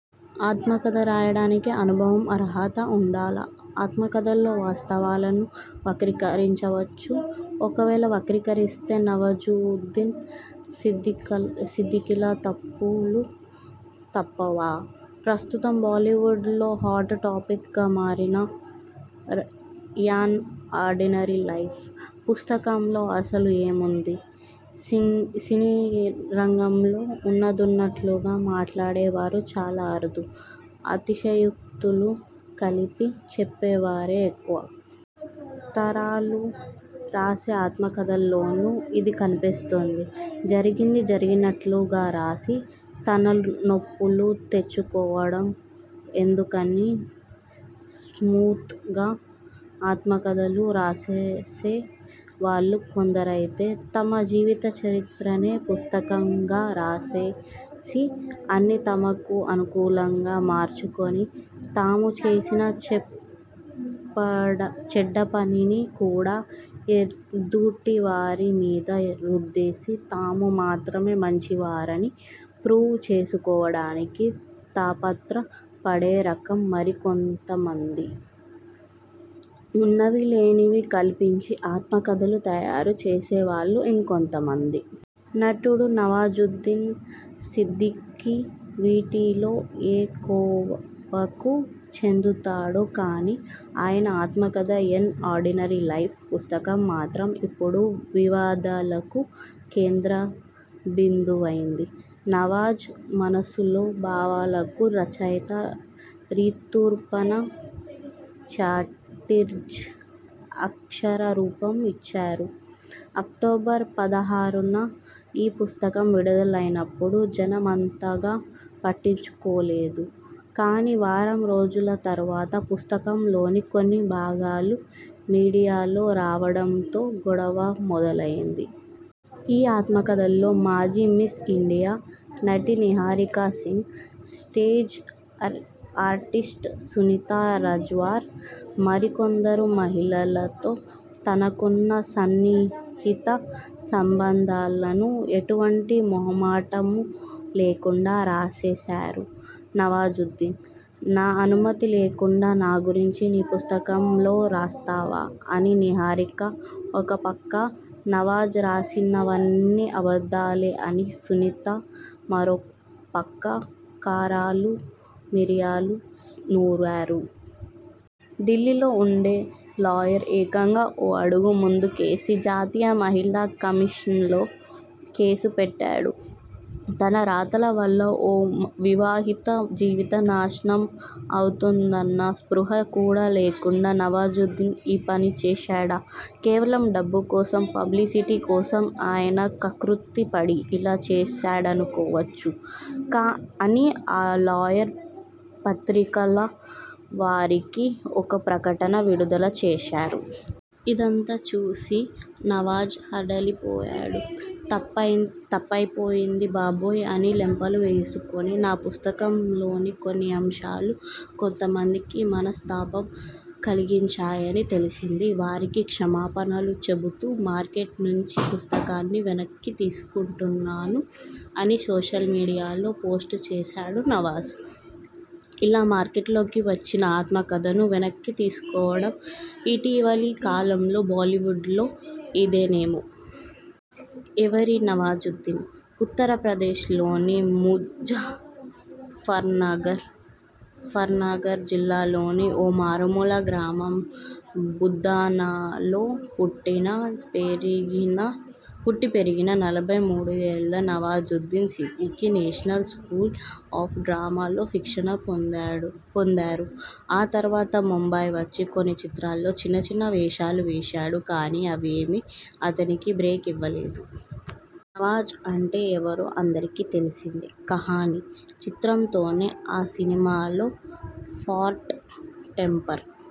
ఆత్మకథ రాయడానికి అనుభవం, అర్హత ఉండాలా? ఆత్మకథల్లో వాస్తవాలను వక్రీకరించవచ్చా? ఒకవేళ వక్రీకరిస్తే నవాజుద్దీన్ సిద్ధిఖీలా తిప్పలు తప్పవా? ప్రస్తుతం బాలీవుడ్లో హాట్ టాపిక్గా మారిన 'యాన్ ఆర్డినరీ లైఫ్' పుస్తకంలో అసలు ఏముంది? సినీరంగంలో ఉన్నదున్నట్లుగా మాట్లాడేవారు చాలా అరుదు. అతిశయోక్తులు కలిపి చెప్పేవారే ఎక్కువ. తారలు రాసే ఆత్మకథల్లోనూ ఇది కనిపిస్తుంది. జరిగింది జరిగినట్లుగా రాసి, తలనొప్పులు తెచ్చుకోవడం ఎందుకని స్మూత్గా ఆత్మకథలు రాసేసే వాళ్లు కొందరైతే, తమ జీవితచరిత్రనే పుస్తకంగా రాసేసి, అన్నీ తమకు అనుకూలంగా మార్చుకొని, తాము చేసిన చెడ్డపనిని కూడా ఎదుటివారి మీద రుద్దేసి తాము మాత్రమే మంచివారని ప్రూవ్ చేసుకోవడానికి తాపత్ర పడే రకం మరి కొంతమంది, ఉన్నవీ లేనివీ కల్పించి ఆత్మకథలు తయారు చేసేవాళ్లు ఇంకొంత మంది. నటుడు నవాజుద్దీన్ సిద్ధికీ వీటిలో ఏ కోవకు చెందుతాడో కానీ ఆయన ఆత్మకథ 'యాన్ ఆర్డినరీ లైఫ్' పుస్తకం మాత్రం ఇప్పుడు వివాదాలకు కేంద్ర బిందువైంది. నవాజ్ మనసులో భావాలకు రచయిత్రి రీతూపర్ణ ఛటర్జీ అక్షర రూపం ఇచ్చారు. అక్టోబర్ పదహారున ఈ పుస్తకం విడుదలైనప్పుడు జనం అంతగా పట్టించుకోలేదు కానీ వారం రోజుల తర్వాత పుస్తకంలోని కొన్ని భాగాలు మీడియాలో రావడంతో గొడవ మొదలైంది. ఈ ఆత్మకథలో మాజీ మిస్ ఇండియా, నటి నిహారికా సింగ్, స్టేజ్ ఆర్టిస్ట్ సునీతా రాజ్వర్, మరికొందరు మహిళలతో తనకున్న సన్నిహిత సంబంధాలను ఎటువంటి మొహమాటమూ లేకుండా రాసేశారు నవాజుద్దీన్. 'నా అనుమతి లేకుండా నా గురించి నీ పుస్తకంలో రాస్తావా? ' అని నిహారిక ఓ పక్క, 'నవాజ్ రాసినవన్నీ అబద్ధాలే' అని సునీత మరో పక్క కారాలూ మిరియాలూ నూరారు., ఢిల్లీలో ఉండే లాయర్ ఏకంగా ఓ అడుగు ముందుకేసి జాతీయ మహిళా కమిషన్లో కేసు పెట్టాడు. ' తన రాతల వల్ల ఓ వివాహిత జీవితం నాశనమవుతుందన్న స్పృహ కూడా లేకుండా నవాజుద్దీన్ ఈ పని చేశాడు. కేవలం డబ్బు కోసం, పబ్లిసిటీ కోసం ఆయన కక్కుర్తి పడి ఇలా చేశాడనుకోవచ్చు' అని ఆ లాయర్ పత్రికల వారికీ ఓ ప్రకటన విడుదల చేశారు. ఇదంతా చూసి నవాజ్ హడలిపోయాడు. 'తప్పయిపోయింది బాబోయ్' అని లెంపలు వేసుకొని ' నా పుస్తకంలోని కొన్ని అంశాలు. కొంతమందికి మనస్థాపం కలిగించాయని తెలిసింది. వారికి క్షమాపణలు చెబుతూ మార్కెట్ నుంచి పుస్తకాన్ని వెనక్కి తీసుకొంటున్నాను' అని సోషల్ మీడియాలో పోస్ట్ చేశాడు నవాజ్. ఇలా మార్కెట్లోకి వచ్చిన ఆత్మకథను వెనక్కి తీసుకోవడం ఇటీవలి కాలంలో బాలీవుడ్లో ఇదేనేమో! ఎవరీ నవాజుద్దీన్? ఉత్తరప్రదేశ్లోని ముజ ఫర్నగర్ జిల్లాలోని ఓ మారుమూల గ్రామం బుధానాలో పుట్టి పెరిగిన నలభై మూడు ఏళ్ల Nawazuddin Siddiqui national school of డ్రామాలో శిక్షణ పొందారు. ఆ తర్వాత ముంబై వచ్చి కొన్ని చిత్రాల్లో చిన్న చిన్న వేషాలు వేశాడు కానీ అవేమీ అతనికి బ్రేక్ ఇవ్వలేదు. నవాజ్ అంటే ఎవరో అందరికీ తెలిసింది 'కహానీ' చిత్రంతోనే ఆ సినిమాలో షార్ట్ టెంపర్